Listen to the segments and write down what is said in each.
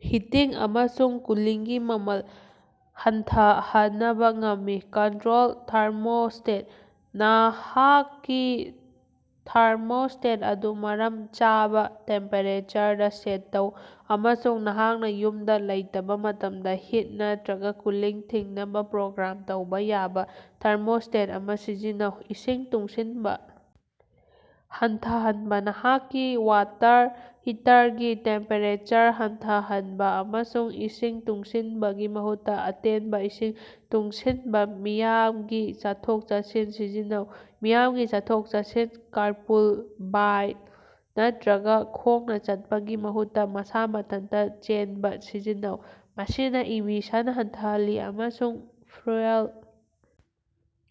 Heating ꯑꯃꯁꯨꯡ ꯀꯨꯂꯤꯡꯒꯤ ꯃꯃꯜ ꯍꯟꯊꯍꯟꯅꯕꯥ ꯉꯝꯃꯤ꯫ ꯀꯟꯇꯔꯣꯜ ꯊꯥꯔꯃꯣꯁ꯭ꯇꯦꯠ: ꯅꯍꯥꯛꯀꯤ ꯊꯥꯔꯃꯣꯁ꯭ꯇꯦꯠ ꯑꯗꯨ ꯃꯔꯝ ꯆꯥꯕꯥ ꯇꯦꯝꯄꯦꯔꯦꯆꯔꯗꯥ ꯁꯦꯠ ꯇꯧ, ꯑꯃꯁꯨꯡ ꯅꯍꯥꯛꯅꯥ ꯌꯨꯝꯗꯥ ꯂꯩꯇꯕꯥ ꯃꯇꯝꯗꯥ ꯍꯤꯠ ꯅꯠꯇꯔꯒꯥ ꯀꯨꯂꯤꯡ ꯊꯤꯡꯅꯕ ꯄ꯭ꯔꯣꯒ꯭ꯔꯥꯝ ꯇꯧꯕꯥ ꯌꯥꯕ ꯊꯥꯔꯃꯣꯁ꯭ꯇꯦꯠ ꯑꯃ ꯁꯤꯖꯤꯟꯅꯧ꯫ ꯏꯁꯤꯡ ꯇꯨꯡꯁꯤꯟꯕ ꯍꯟꯊꯍꯟꯕ: ꯅꯍꯥꯛꯀꯤ ꯋꯥꯇꯔ ꯍꯤꯇꯔꯒꯤ ꯇꯦꯝꯄꯦꯔꯦꯆꯔ ꯍꯟꯊꯍꯟꯕ, ꯑꯃꯁꯨꯡ ꯏꯁꯤꯡ ꯇꯨꯡꯁꯤꯟꯕꯒꯤ ꯃꯍꯨꯠꯇ ꯑꯇꯦꯟꯕ ꯏꯁꯤꯡ ꯇꯨꯡꯁꯤꯟꯕꯥ꯫ ꯃꯤꯌꯥꯝꯒꯤ ꯆꯠꯊꯣꯛ-ꯆꯠꯁꯤꯟ ꯁꯤꯖꯤꯟꯅꯧ: ꯃꯤꯌꯥꯝꯒꯤ ꯆꯠꯊꯣꯛ-ꯆꯠꯁꯤꯟ, ꯀꯥꯔꯄꯨꯜ, ꯕꯥꯏꯛ ꯅꯠꯇꯔꯒ ꯈꯣꯡꯅ ꯆꯠꯄꯒꯤ ꯃꯍꯨꯠꯇ ꯃꯁꯥ ꯃꯊꯟꯇ ꯆꯦꯟꯕꯥ ꯁꯤꯖꯤꯟꯅꯧ꯫ ꯃꯁꯤꯅ ꯏꯃꯤꯁꯟ ꯍꯟꯊꯍꯜꯂꯤ ꯑꯃꯁꯨꯡ ꯐ꯭ꯌꯨꯑꯦꯜ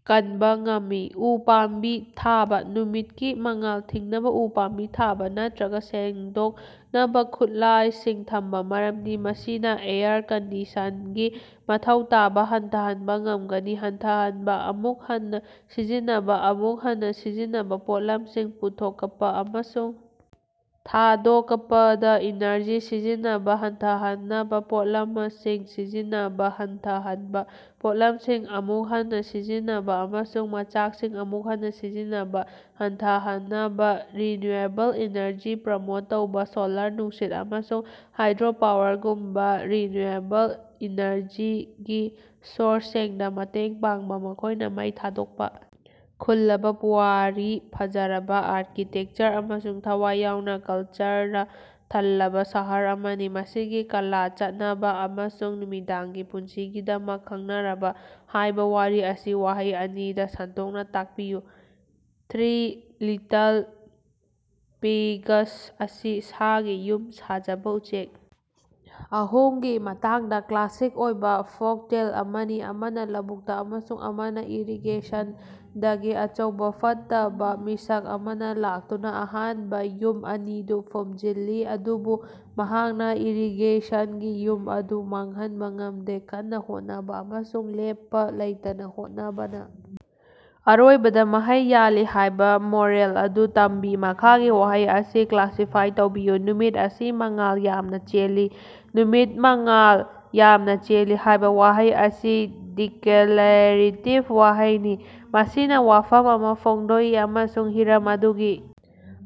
ꯀꯟꯕ ꯉꯝꯃꯤ꯫ ꯎ ꯄꯥꯝꯕꯤ ꯊꯥꯕ: ꯅꯨꯃꯤꯠꯀꯤ ꯃꯉꯥꯜ ꯊꯤꯡꯅꯕ ꯎ ꯄꯥꯝꯕꯤ ꯊꯥꯕ ꯅꯠꯇꯔꯒ ꯁꯦꯡꯗꯣꯛꯅꯕꯥ ꯈꯨꯠꯂꯥꯌꯁꯤꯡ ꯊꯝꯕ, ꯃꯔꯝꯗꯤ ꯃꯁꯤꯅꯥ ꯑꯦꯌꯔ ꯀꯟꯗꯤꯁꯟꯒꯤ ꯃꯊꯧ ꯇꯥꯕ ꯍꯟꯊꯍꯟꯕꯥ ꯉꯝꯒꯅꯤ꯫ ꯍꯟꯊꯍꯟꯕ, ꯑꯃꯨꯛ ꯍꯟꯅꯥ ꯁꯤꯖꯤꯟꯅꯕꯥ, ꯑꯃꯨꯛ ꯍꯟꯅꯥ ꯁꯤꯖꯤꯟꯅꯕꯥ: ꯄꯣꯠꯂꯝꯁꯤꯡ ꯄꯨꯊꯣꯛꯄꯥ ꯑꯃꯁꯨꯡ ꯊꯥꯗꯣꯛꯄꯗꯥ ꯏꯅꯔꯖꯤ ꯁꯤꯖꯤꯟꯅꯕꯥ ꯍꯟꯊꯍꯟꯅꯕꯥ ꯄꯣꯠꯂꯃꯁꯤꯡ ꯁꯤꯖꯤꯟꯅꯕꯥ ꯍꯟꯊꯍꯟꯕꯥ, ꯄꯣꯠꯂꯝꯁꯤꯡ ꯑꯃꯨꯛ ꯍꯟꯅꯥ ꯁꯤꯖꯤꯟꯅꯕꯥ, ꯑꯃꯁꯨꯡ ꯃꯆꯥꯛꯁꯤꯡ ꯑꯃꯨꯛ ꯍꯟꯅꯥ ꯁꯤꯖꯤꯟꯅꯕꯥ ꯍꯟꯊꯍꯅꯕꯥ꯫ ꯔꯤꯅ꯭ꯌꯨꯑꯦꯕꯜ ꯏꯅꯔꯖꯤ ꯄ꯭ꯔꯃꯣꯠ ꯇꯧꯕꯥ: ꯁꯣꯂꯥꯔ, ꯅꯨꯡꯁꯤꯠ, ꯑꯃꯁꯨꯡ ꯍꯥꯏꯗ꯭ꯔꯣꯄꯥꯋꯔꯒꯨꯝꯕꯥ ꯔꯤꯅ꯭ꯌꯨꯑꯦꯕꯜ ꯏꯅꯔꯖꯤꯒꯤ ꯁꯣꯔꯁꯁꯤꯡꯗꯥ ꯃꯇꯦꯡ ꯄꯥꯡꯕꯥ, ꯃꯈꯣꯏꯅꯥ ꯃꯩ ꯊꯥꯗꯣꯛꯄꯥ ꯈꯨꯜꯂꯕ ꯄꯨꯋꯥꯔꯤ, ꯐꯖꯔꯕꯥ ꯑꯥꯔꯀꯤꯇꯦꯛꯆꯔ ꯑꯃꯁꯨꯡ ꯊꯋꯥꯏ ꯌꯥꯎꯕꯥ ꯀꯜꯆꯔꯅꯥ ꯊꯜꯂꯕꯥ ꯁꯍꯔ ꯑꯃꯅꯤ꯫ ꯃꯁꯤꯒꯤ ꯀꯂꯥ, ꯆꯥꯅꯕ, ꯑꯃꯁꯨꯡ ꯅꯨꯃꯤꯗꯥꯡꯒꯤ ꯄꯨꯟꯁꯤꯒꯤꯗꯃꯛ ꯈꯪꯅꯔꯕꯥ꯫ ꯍꯥꯏꯕꯥ ꯋꯥꯔꯤ ꯑꯁꯤ ꯋꯥꯍꯩ ꯑꯅꯤꯗ ꯁꯟꯗꯣꯛꯅ ꯇꯥꯛꯄꯤꯌꯨ꯫ ꯊ꯭ꯔꯤ ꯂꯤꯇꯜ ꯄꯤꯒꯁ ꯑꯁꯤ ꯁꯥꯒꯤ ꯌꯨꯝ ꯁꯥꯖꯕ ꯎꯆꯦꯛ ꯑꯍꯨꯝꯒꯤ ꯃꯇꯥꯡꯗꯥ ꯀ꯭ꯂꯥꯁꯤꯛ ꯑꯣꯏꯕ ꯐꯣꯜꯛꯇꯦꯜ ꯑꯃꯅꯤ, ꯑꯃꯅ ꯂꯧꯕꯨꯛꯇ, ꯑꯃꯁꯨꯡ ꯑꯃꯅꯥ ꯏꯔꯤꯒꯦꯁꯟꯗꯒꯤ꯫ ꯑꯆꯧꯕꯥ ꯐꯠꯇꯕ ꯃꯤꯁꯛ ꯑꯃꯅ ꯂꯥꯛꯇꯨꯅꯥ ꯑꯍꯥꯟꯕꯥ ꯌꯨꯝ ꯑꯅꯤꯗꯨ ꯐꯨꯝꯖꯤꯜꯂꯤ, ꯑꯗꯨꯕꯨ ꯃꯍꯥꯛꯅ ꯏꯔꯤꯒꯦꯁꯟꯒꯤ ꯌꯨꯝ ꯑꯗꯨ ꯃꯥꯡꯍꯟꯕꯥ ꯉꯝꯗꯦ, ꯀꯟꯅ ꯍꯣꯠꯅꯕ ꯑꯃꯁꯨꯡ ꯂꯦꯞꯄꯥ ꯂꯩꯇꯅꯥ ꯍꯣꯠꯅꯕꯅꯥ ꯑꯔꯣꯏꯕꯗꯥ ꯃꯍꯩ ꯌꯥꯜꯂꯤ ꯍꯥꯏꯕꯥ ꯃꯣꯔꯦꯜ ꯑꯗꯨ ꯇꯝꯕꯤ꯫ ꯃꯈꯥꯒꯤ ꯋꯥꯍꯩ ꯑꯁꯤ ꯀ꯭ꯂꯥꯁꯤꯐꯥꯏ ꯇꯧꯕꯤꯌꯨ: "ꯅꯨꯃꯤꯠ ꯑꯁꯤ ꯃꯉꯥꯜ ꯌꯥꯝꯅꯥ ꯆꯦꯜꯂꯤ꯫" "ꯅꯨꯃꯤꯠ ꯃꯉꯥꯜ ꯌꯥꯝꯅꯥ ꯆꯦꯜꯂꯤ" ꯍꯥꯏꯕ ꯋꯥꯍꯩ ꯑꯁꯤ ꯗꯤꯀꯂꯥꯔꯦꯇꯤꯕ ꯋꯥꯍꯩꯅꯤ꯫ ꯃꯁꯤꯅ ꯋꯥꯐꯝ ꯑꯃ ꯐꯣꯡꯗꯣꯛꯏ ꯑꯃꯁꯨꯡ ꯍꯤꯔꯝ ꯑꯗꯨꯒꯤ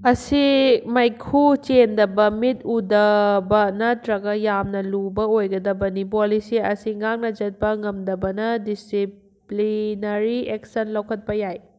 ꯑꯁꯤ ꯃꯩꯈꯨ ꯆꯦꯟꯗꯕ, ꯃꯤꯠ ꯎꯗꯕ ꯅꯠꯇꯔꯒ ꯌꯥꯝꯅ ꯂꯨꯕꯥ ꯑꯣꯏꯒꯗꯕꯅꯤ꯫ ꯄꯣꯂꯤꯁꯤ ꯑꯁꯤ ꯉꯥꯛꯅ ꯆꯠꯄ ꯉꯝꯗꯕꯅ ꯗꯤꯁꯤꯞꯂꯤꯅꯔꯤ ꯑꯦꯛꯁꯟ ꯂꯧꯈꯠꯄꯥ ꯌꯥꯏ꯫